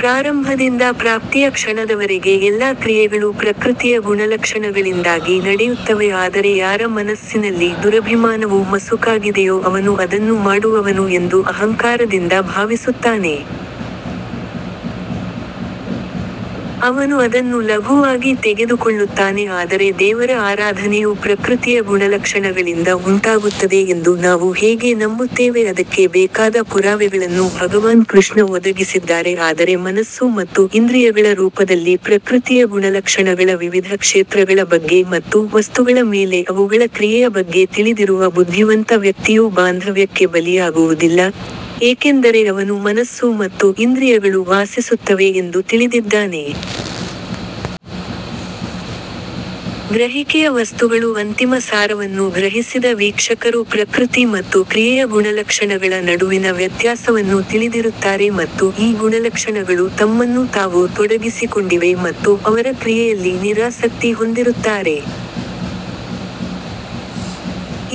ಪ್ರಾರಂಭದಿಂದ ಪ್ರಾಪ್ತಿಯ ಕ್ಷಣದವರೆಗೆ ಎಲ್ಲಾ ಕ್ರಿಯೆಗಳು ಪ್ರಕೃತಿಯ ಗುಣಲಕ್ಷಣಗಳಿಂದಾಗಿ ನಡೆಯುತ್ತವೆ ಆದರೆ ಯಾರ ಮನಸ್ಸಿನಲ್ಲಿ ದುರಭಿಮಾನವು ಮಸುಕಾಗಿದೆಯೋ ಅವನು ಅದನ್ನು ಮಾಡುವವನು ಎಂದು ಅಹಂಕಾರದಿಂದ ಭಾವಿಸುತ್ತಾನೆ. ಅವನು ಅದನ್ನು ಲಘುವಾಗಿ ತೆಗೆದುಕೊಳ್ಳುತ್ತಾನೆ ಆದರೆ ದೇವರ ಆರಾಧನೆಯು ಪ್ರಕೃತಿಯ ಗುಣಲಕ್ಷಣಗಳಿಂದ ಉಂಟಾಗುತ್ತದೆ ಎಂದು ನಾವು ಹೇಗೆ ನಂಬುತ್ತೇವೆ ಅದಕ್ಕೆ ಬೇಕಾದ ಪುರಾವೆಗಳನ್ನು ಭಗವಾನ್ ಕೃಷ್ಣ ಒದಗಿಸಿದ್ದಾರೆ ಆದರೆ ಮನಸ್ಸು ಮತ್ತು ಇಂದ್ರಿಯಗಳ ರೂಪದಲ್ಲಿ ಪ್ರಕೃತಿಯ ಗುಣಲಕ್ಷಣಗಳ ವಿವಿಧ ಕ್ಷೇತ್ರಗಳ ಬಗ್ಗೆ ಮತ್ತು ವಸ್ತುಗಳ ಮೇಲೆ ಅವುಗಳ ಕ್ರಿಯೆಯ ಬಗ್ಗೆ ತಿಳಿದಿರುವ ಬುದ್ಧಿವಂತ ವ್ಯಕ್ತಿಯು ಬಾಂಧವ್ಯಕ್ಕೆ ಬಲಿಯಾಗುವುದಿಲ್ಲ, ಏಕೆಂದರೆ ಅವನು ಮನಸ್ಸು ಮತ್ತು ಇಂದ್ರಿಯಗಳು ವಾಸಿಸುತ್ತವೆ ಎಂದು ತಿಳಿದಿದ್ದಾನೆ. ಗ್ರಹಿಕೆಯ ವಸ್ತುಗಳು ಅಂತಿಮ ಸಾರವನ್ನು ಗ್ರಹಿಸಿದ ವೀಕ್ಷಕರು ಪ್ರಕೃತಿ ಮತ್ತು ಕ್ರಿಯೆಯ ಗುಣಲಕ್ಷಣಗಳ ನಡುವಿನ ವ್ಯತ್ಯಾಸವನ್ನು ತಿಳಿದಿರುತ್ತಾರೆ ಮತ್ತು ಈ ಗುಣಲಕ್ಷಣಗಳು ತಮ್ಮನ್ನು ತಾವು ತೊಡಗಿಸಿಕೊಂಡಿವೆ ಮತ್ತು ಅವರ ಕ್ರಿಯೆಯಲ್ಲಿ ನಿರಾಸಕ್ತಿ ಹೊಂದಿರುತ್ತಾರೆ.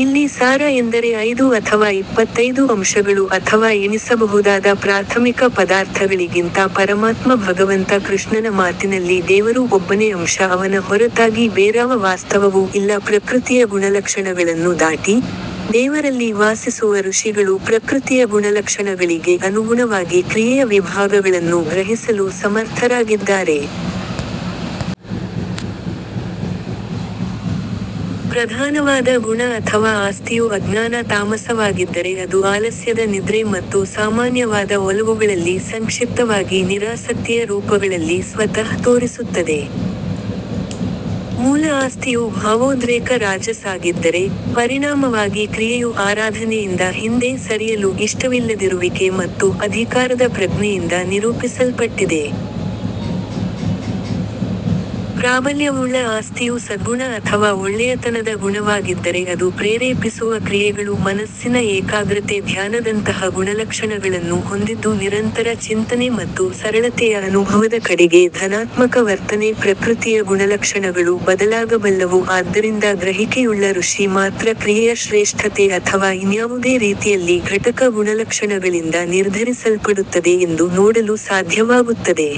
ಇಲ್ಲಿ ಸಾರ ಎಂದರೆ ಐದು ಅಥವಾ ಇಪ್ಪತ್ತೈದು ಅಂಶಗಳು ಅಥವಾ ಎಣಿಸಬಹುದಾದ ಪ್ರಾಥಮಿಕ ಪದಾರ್ಥಗಳಿಗಿಂತ ಪರಮಾತ್ಮ ಭಗವಂತ ಕೃಷ್ಣನ ಮಾತಿನಲ್ಲಿ ದೇವರು ಒಬ್ಬನೇ ಅಂಶ ಅವನ ಹೊರತಾಗಿ ಬೇರಾವ ವಾಸ್ತವವೂ ಇಲ್ಲ ಪ್ರಕೃತಿಯ ಗುಣಲಕ್ಷಣಗಳನ್ನು ದಾಟಿ, ದೇವರಲ್ಲಿ ವಾಸಿಸುವ ಋಷಿಗಳು ಪ್ರಕೃತಿಯ ಗುಣಲಕ್ಷಣಗಳಿಗೆ ಅನುಗುಣವಾಗಿ ಕ್ರಿಯೆಯ ವಿಭಾಗಗಳನ್ನು ಗ್ರಹಿಸಲು ಸಮರ್ಥರಾಗಿದ್ದಾರೆ. ಪ್ರಧಾನವಾದ ಗುಣ ಅಥವಾ ಆಸ್ತಿಯು ಅಜ್ಞಾನ ತಾಮಸವಾಗಿದ್ದರೆ ಅದು ಆಲಸ್ಯದ ನಿದ್ರೆ ಮತ್ತು ಸಾಮಾನ್ಯವಾದ ಒಲವುಗಳಲ್ಲಿ ಸಂಕ್ಷಿಪ್ತವಾಗಿ ನಿರಾಸಕ್ತಿಯ ರೂಪಗಳಲ್ಲಿ ಸ್ವತಃ ತೋರಿಸುತ್ತದೆ. ಮೂಲ ಆಸ್ತಿಯು ಭಾವೋದ್ರೇಕ ರಾಜಸ್ ಆಗಿದ್ದರೆ, ಪರಿಣಾಮವಾಗಿ ಕ್ರಿಯೆಯು ಆರಾಧನೆಯಿಂದ ಹಿಂದೆ ಸರಿಯಲು ಇಷ್ಟವಿಲ್ಲದಿರುವಿಕೆ ಮತ್ತು ಅಧಿಕಾರದ ಪ್ರಜ್ಞೆಯಿಂದ ನಿರೂಪಿಸಲ್ಪಟ್ಟಿದೆ. ಪ್ರಾಬಲ್ಯವುಳ್ಳ ಆಸ್ತಿಯು ಸದ್ಗುಣ ಅಥವಾ ಒಳ್ಳೆಯತನದ ಗುಣವಾಗಿದ್ದರೆ ಅದು ಪ್ರೇರೇಪಿಸುವ ಕ್ರಿಯೆಗಳು ಮನಸ್ಸಿನ ಏಕಾಗ್ರತೆ ಧ್ಯಾನದಂತಹ ಗುಣಲಕ್ಷಣಗಳನ್ನು ಹೊಂದಿದ್ದು ನಿರಂತರ ಚಿಂತನೆ ಮತ್ತು ಸರಳತೆಯ ಅನುಭವದ ಕಡೆಗೆ ಧನಾತ್ಮಕ ವರ್ತನೆ ಪ್ರಕೃತಿಯ ಗುಣಲಕ್ಷಣಗಳು ಬದಲಾಗಬಲ್ಲವು ಆದ್ದರಿಂದ ಗ್ರಹಿಕೆಯುಳ್ಳ ಋಷಿ ಮಾತ್ರ ಕ್ರಿಯೆಯ ಶ್ರೇಷ್ಠತೆ ಅಥವಾ ಇನ್ಯಾವುದೇ ರೀತಿಯಲ್ಲಿ ಘಟಕ ಗುಣಲಕ್ಷಣಗಳಿಂದ ನಿರ್ಧರಿಸಲ್ಪಡುತ್ತದೆ ಎಂದು ನೋಡಲು ಸಾಧ್ಯವಾಗುತ್ತದೆ.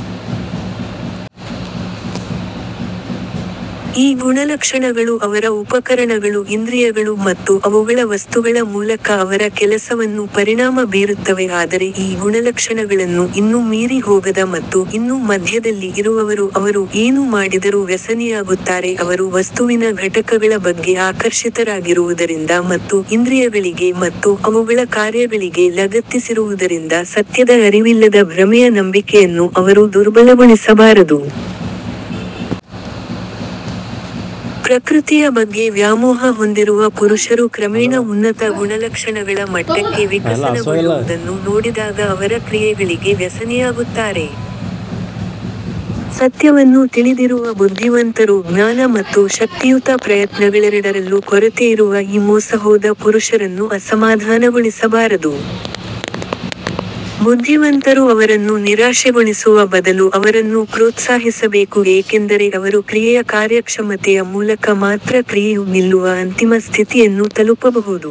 ಈ ಗುಣಲಕ್ಷಣಗಳು ಅವರ ಉಪಕರಣಗಳು ಇಂದ್ರಿಯಗಳು ಮತ್ತು ಅವುಗಳ ವಸ್ತುಗಳ ಮೂಲಕ ಅವರ ಕೆಲಸವನ್ನು ಪರಿಣಾಮ ಬೀರುತ್ತವೆ ಆದರೆ ಈ ಗುಣಲಕ್ಷಣಗಳನ್ನು ಇನ್ನೂ ಮೀರಿ ಹೋಗದ ಮತ್ತು ಇನ್ನೂ ಮಧ್ಯದಲ್ಲಿ ಇರುವವರು ಅವರು ಏನು ಮಾಡಿದರೂ ವ್ಯಸನಿಯಾಗುತ್ತಾರೆ ಅವರು ವಸ್ತುವಿನ ಘಟಕಗಳ ಬಗ್ಗೆ ಆಕರ್ಷಿತರಾಗಿರುವುದರಿಂದ ಮತ್ತು ಇಂದ್ರಿಯಗಳಿಗೆ ಮತ್ತು ಅವುಗಳ ಕಾರ್ಯಗಳಿಗೆ ಲಗತ್ತಿಸಿರುವುದರಿಂದ ಸತ್ಯದ ಅರಿವಿಲ್ಲದ ಭ್ರಮೆಯ ನಂಬಿಕೆಯನ್ನು ಅವರು ದುರ್ಬಲಗೊಳಿಸಬಾರದು. ಪ್ರಕೃತಿಯ ಬಗ್ಗೆ ವ್ಯಾಮೋಹ ಹೊಂದಿರುವ ಪುರುಷರು ಕ್ರಮೇಣ ಉನ್ನತ ಗುಣಲಕ್ಷಣಗಳ ಮಟ್ಟಕ್ಕೆ ವಿಕಸನಗೊಳ್ಳುವುದನ್ನು ನೋಡಿದಾಗ ಅವರ ಕ್ರಿಯೆಗಳಿಗೆ ವ್ಯಸನಿಯಾಗುತ್ತಾರೆ. ಸತ್ಯವನ್ನು ತಿಳಿದಿರುವ ಬುದ್ಧಿವಂತರು ಜ್ಞಾನ ಮತ್ತು ಶಕ್ತಿಯುತ ಪ್ರಯತ್ನಗಳೆರಡರಲ್ಲೂ ಕೊರತೆಯಿರುವ ಈ ಮೋಸಹೋದ ಪುರುಷರನ್ನು ಅಸಮಾಧಾನಗೊಳಿಸಬಾರದು. ಬುದ್ಧಿವಂತರು ಅವರನ್ನು ನಿರಾಶೆಗೊಳಿಸುವ ಬದಲು ಅವರನ್ನು ಪ್ರೋತ್ಸಾಹಿಸಬೇಕು ಏಕೆಂದರೆ ಅವರು ಕ್ರಿಯೆಯ ಕಾರ್ಯಕ್ಷಮತೆಯ ಮೂಲಕ ಮಾತ್ರ ಕ್ರಿಯೆಯು ನಿಲ್ಲುವ ಅಂತಿಮ ಸ್ಥಿತಿಯನ್ನು ತಲುಪಬಹುದು.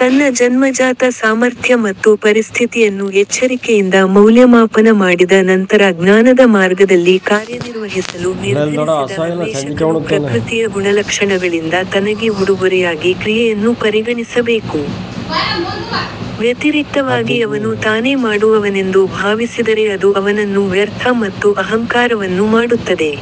ತನ್ನ ಜನ್ಮಜಾತ ಸಾಮರ್ಥ್ಯ ಮತ್ತು ಪರಿಸ್ಥಿತಿಯನ್ನು ಎಚ್ಚರಿಕೆಯಿಂದ ಮೌಲ್ಯಮಾಪನ ಮಾಡಿದ ನಂತರ ಜ್ಞಾನದ ಮಾರ್ಗದಲ್ಲಿ ಕಾರ್ಯನಿರ್ವಹಿಸಲು ನಿರ್ಧರಿಸಿದ ಅನ್ವೇಷಕನು ಪ್ರಕೃತಿಯ ಗುಣಲಕ್ಷಣಗಳಿಂದ ತನಗೆ ಉಡುಗೊರೆಯಾಗಿ ಕ್ರಿಯೆಯನ್ನು ಪರಿಗಣಿಸಬೇಕು. ವ್ಯತಿರಿಕ್ತವಾಗಿ ಅವನು ತಾನೇ ಮಾಡುವವನೆಂದು ಭಾವಿಸಿದರೆ ಅದು ಅವನನ್ನು ವ್ಯರ್ಥ ಮತ್ತು ಅಹಂಕಾರವನ್ನು ಮಾಡುತ್ತದೆ.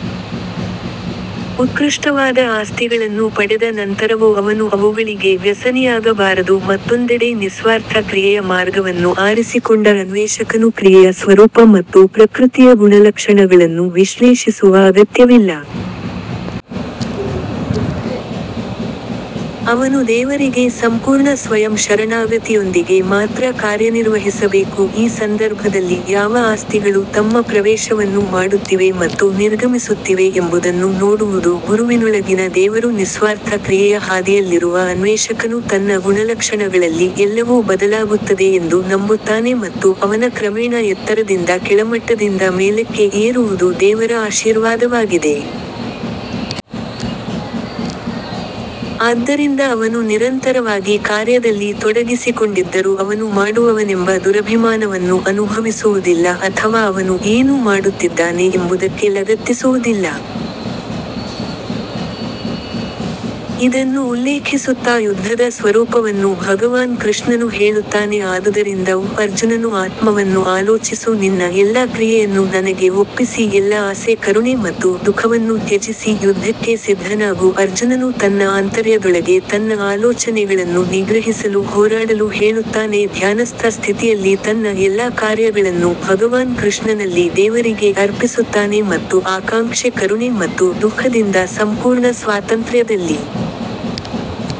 ಉತ್ಕೃಷ್ಟವಾದ ಆಸ್ತಿಗಳನ್ನು ಪಡೆದ ನಂತರವೂ ಅವನು ಅವುಗಳಿಗೆ ವ್ಯಸನಿಯಾಗಬಾರದು ಮತ್ತೊಂದೆಡೆ ನಿಸ್ವಾರ್ಥ ಕ್ರಿಯೆಯ ಮಾರ್ಗವನ್ನು ಆರಿಸಿಕೊಂಡ ಅನ್ವೇಷಕನು ಕ್ರಿಯೆಯ ಸ್ವರೂಪ ಮತ್ತು ಪ್ರಕೃತಿಯ ಗುಣಲಕ್ಷಣಗಳನ್ನು ವಿಶ್ಲೇಷಿಸುವ ಅಗತ್ಯವಿಲ್ಲ. ಅವನು ದೇವರಿಗೆ ಸಂಪೂರ್ಣ ಸ್ವಯಂ ಶರಣಾಗತಿಯೊಂದಿಗೆ ಮಾತ್ರ ಕಾರ್ಯನಿರ್ವಹಿಸಬೇಕು ಈ ಸಂದರ್ಭದಲ್ಲಿ ಯಾವ ಆಸ್ತಿಗಳು ತಮ್ಮ ಪ್ರವೇಶವನ್ನು ಮಾಡುತ್ತಿವೆ ಮತ್ತು ನಿರ್ಗಮಿಸುತ್ತಿವೆ ಎಂಬುದನ್ನು ನೋಡುವುದು ಗುರುವಿನೊಳಗಿನ ದೇವರು ನಿಸ್ವಾರ್ಥ ಕ್ರಿಯೆಯ ಹಾದಿಯಲ್ಲಿರುವ ಅನ್ವೇಷಕನು ತನ್ನ ಗುಣಲಕ್ಷಣಗಳಲ್ಲಿ ಎಲ್ಲವೂ ಬದಲಾಗುತ್ತದೆ ಎಂದು ನಂಬುತ್ತಾನೆ ಮತ್ತು ಅವನ ಕ್ರಮೇಣ ಎತ್ತರದಿಂದ ಕೆಳಮಟ್ಟದಿಂದ ಮೇಲಕ್ಕೆ ಏರುವುದು ದೇವರ ಆಶೀರ್ವಾದವಾಗಿದೆ. ಆದ್ದರಿಂದ ಅವನು ನಿರಂತರವಾಗಿ ಕಾರ್ಯದಲ್ಲಿ ತೊಡಗಿಸಿಕೊಂಡಿದ್ದರೂ ಅವನು ಮಾಡುವವನೆಂಬ ದುರಭಿಮಾನವನ್ನು ಅನುಭವಿಸುವುದಿಲ್ಲ ಅಥವಾ ಅವನು ಏನು ಮಾಡುತ್ತಿದ್ದಾನೆ ಎಂಬುದಕ್ಕೆ ಲಗತ್ತಿಸುವುದಿಲ್ಲ. ಇದನ್ನು ಉಲ್ಲೇಖಿಸುತ್ತಾ ಯುದ್ಧದ ಸ್ವರೂಪವನ್ನು ಭಗವಾನ್ ಕೃಷ್ಣನು ಹೇಳುತ್ತಾನೆ ಆದುದರಿಂದ ಓ ಅರ್ಜುನನು ಆತ್ಮವನ್ನು ಆಲೋಚಿಸು ನಿನ್ನ ಎಲ್ಲಾ ಕ್ರಿಯೆಯನ್ನು ನನಗೆ ಒಪ್ಪಿಸಿ ಎಲ್ಲಾ ಆಸೆ ಕರುಣೆ ಮತ್ತು ದುಃಖವನ್ನು ತ್ಯಜಿಸಿ ಯುದ್ಧಕ್ಕೆ ಸಿದ್ಧನಾಗು ಅರ್ಜುನನು ತನ್ನ ಆಂತರ್ಯದೊಳಗೆ ತನ್ನ ಆಲೋಚನೆಗಳನ್ನು ನಿಗ್ರಹಿಸಲು ಹೋರಾಡಲು ಹೇಳುತ್ತಾನೆ ಧ್ಯಾನಸ್ಥ ಸ್ಥಿತಿಯಲ್ಲಿ ತನ್ನ ಎಲ್ಲಾ ಕಾರ್ಯಗಳನ್ನು ಭಗವಾನ್ ಕೃಷ್ಣನಲ್ಲಿ ದೇವರಿಗೆ ಅರ್ಪಿಸುತ್ತಾನೆ ಮತ್ತು ಆಕಾಂಕ್ಷೆ ಕರುಣೆ ಮತ್ತು ದುಃಖದಿಂದ ಸಂಪೂರ್ಣ ಸ್ವಾತಂತ್ರ್ಯದಲ್ಲಿ.